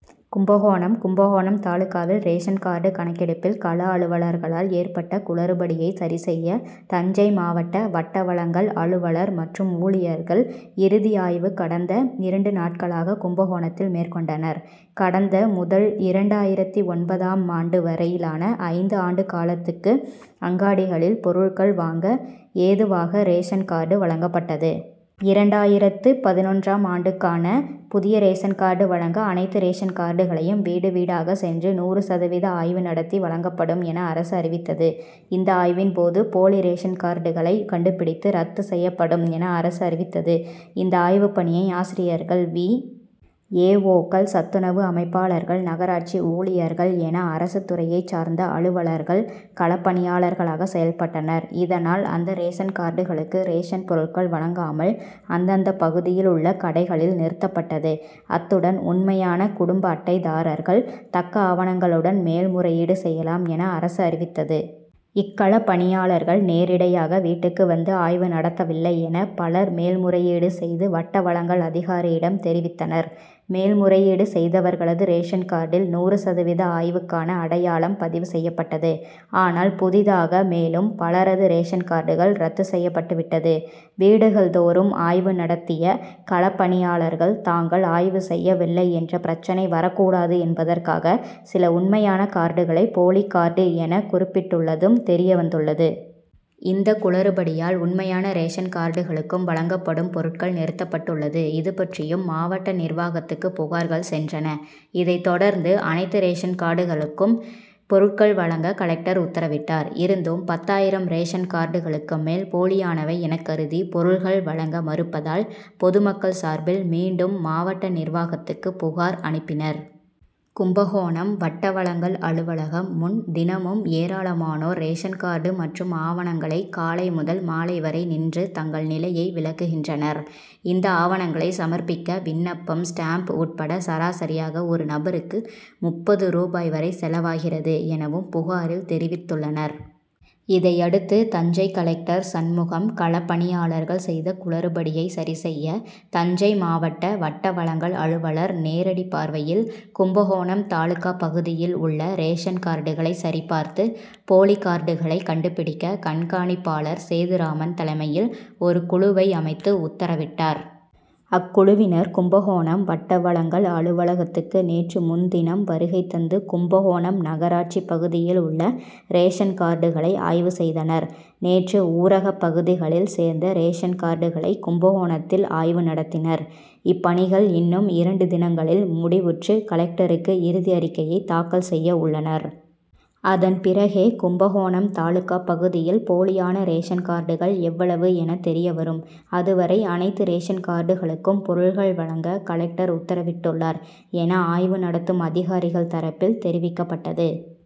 கும்பகோணம் கும்பகோணம் தாலுகாவில் ration card கணக்கெடுப்பில் கள அலுவலர்களால் ஏற்பட்ட குளறுபடியை சரி செய்ய தஞ்சை மாவட்ட வட்ட வழங்கல் அலுவலர் மற்றும் ஊழியர்கள் இறுதி ஆய்வு கடந்த இரண்டு நாட்களாக கும்பகோணத்தில் மேற்கொண்டனர். கடந்த முதல் இரண்டாயிரத்து ஒன்பதாம் ஆண்டு வரையிலான ஐந்து ஆண்டு காலத்துக்கு அங்காடிகளில் பொருள்கள் வாங்க ஏதுவாக ரேஷன் கார்டு வழங்கப்பட்டது. இரண்டாயிரத்து பதினொன்றாம் ஆண்டுக்கான புதிய ரேஷன் கார்டு வழங்க அனைத்து ரேஷன் கார்டுகளையும் வீடு வீடாக சென்று நூறு சதவீத ஆய்வு நடத்தி வழங்கப்படும் என அரசு அறிவித்தது. இந்த ஆய்வின்போது போலி ரேஷன்கார்டுகளை கண்டுபிடித்து ரத்து செய்யப்படும், என அரசு அறிவித்தது. இந்த ஆய்வுப்பணியை ஆசிரியர்கள், வி. ஏ. ஓ.,க்கள், சத்துணவு அமைப்பாளர்கள், நகராட்சி ஊழியர்கள் என அரசுத்துறையைச் சார்ந்த அலுவலர்கள் களப்பணியாளர்களாக செயல்பட்டனர். இதனால், அந்த ரேஷன்கார்டுகளுக்கு ரேஷன் பொருட்கள் வழங்காமல் அந்தந்த பகுதியில் உள்ள கடைகளில் நிறுத்தப்பட்டது. அத்துடன் உண்மையான குடும்ப அட்டைதாரர்கள் தக்க ஆவணங்களுடன் மேல்முறையீடு செய்யலாம் என அரசு அறிவித்தது. இக்களப்பணியாளர்கள் நேரிடையாக வீட்டுக்கு வந்து ஆய்வு நடத்தவில்லை, என பலர் மேல் முறையீடு செய்து வட்ட வழங்கல் அதிகாரியிடம் தெரிவித்தனர். மேல் முறையீடு செய்தவர்களது ரேஷன்கார்டில் நூறு சதவீத ஆய்வுக்கான அடையாளம் பதிவு செய்யப்பட்டது. ஆனால், புதிதாக மேலும் பலரது ரேஷன்கார்டுகள் ரத்து செய்யப்பட்டுவிட்டது. வீடுகள் தோறும் ஆய்வு நடத்திய களப்பணியாளர்கள் தாங்கள் ஆய்வு செய்யவில்லை என்ற பிரச்னை வரக்கூடாது என்பதற்காக சில உண்மையான கார்டுகளை போலி கார்டு என குறிப்பிட்டுள்ளதும் தெரியவந்துள்ளது. இந்த குளறுபடியால் உண்மையான ரேஷன்கார்டுகளுக்கும் வழங்கப்படும் பொருட்கள் நிறுத்தப்பட்டுள்ளது. இதுபற்றியும், மாவட்ட நிர்வாகத்துக்கு புகார்கள் சென்றன. இதை தொடர்ந்து அனைத்து ரேஷன்கார்டுகளுக்கும் பொருட்கள் வழங்க கலெக்டர் உத்தரவிட்டார். இருந்தும், பத்தாயிரம் ரேஷன்கார்டுகளுக்கு மேல் போலியானவை எனக்கருதி பொருள்கள் வழங்க மறுப்பதால் பொதுமக்கள் சார்பில் மீண்டும் மாவட்ட நிர்வாகத்துக்கு புகார் அனுப்பினர். கும்பகோணம் வட்ட வழங்கல் அலுவலகம் முன் தினமும் ஏராளமானோர் ரேஷன்கார்டு மற்றும் ஆவணங்களை காலை முதல் மாலை வரை நின்று தங்கள் நிலையை விளக்குகின்றனர். இந்த ஆவணங்களை சமர்பிக்க விண்ணப்பம், ஸ்டாம்ப் உட்பட சராசரியாக ஒரு நபருக்கு முப்பது ரூபாய் வரை செலவாகிறது, எனவும் புகாரில் தெரிவித்துள்ளனர். இதையடுத்து, தஞ்சை கலெக்டர் சண்முகம், களப்பணியாளர்கள் செய்த குளறுபடியை சரி செய்ய தஞ்சை மாவட்ட வட்ட வழங்கல் அலுவலர் நேரடி பார்வையில் கும்பகோணம் தாலுகா பகுதியில் உள்ள ரேஷன்கார்டுகளை சரி பார்த்து போலி கார்டுகளை கண்டுபிடிக்க கண்காணிப்பாளர் சேதுராமன் தலைமையில் ஒரு குழுவை அமைத்து உத்தரவிட்டார். அக்குழுவினர் கும்பகோணம் வட்ட வழங்கல் அலுவலகத்துக்கு நேற்று முன்தினம் வருகை தந்து கும்பகோணம் நகராட்சி பகுதியில் உள்ள ரேஷன் கார்டுகளை ஆய்வு செய்தனர். நேற்று ஊரக பகுதிகளில் சேர்ந்த ரேஷன்கார்டுகளை கும்பகோணத்தில் ஆய்வு நடத்தினர். இப்பணிகள் இன்னும் இரண்டு தினங்களில் முடிவுற்று கலெக்டருக்கு இறுதி அறிக்கையை தாக்கல் செய்ய உள்ளனர். அதன்பிறகே கும்பகோணம் தாலுகா பகுதியில் போலியான ரேஷன் கார்டுகள் எவ்வளவு என தெரியவரும். அதுவரை அனைத்து ரேஷன்கார்டுகளுக்கும் பொருள்கள் வழங்க கலெக்டர் உத்தரவிட்டுள்ளார், என ஆய்வு நடத்தும் அதிகாரிகள் தரப்பில் தெரிவிக்கப்பட்டது.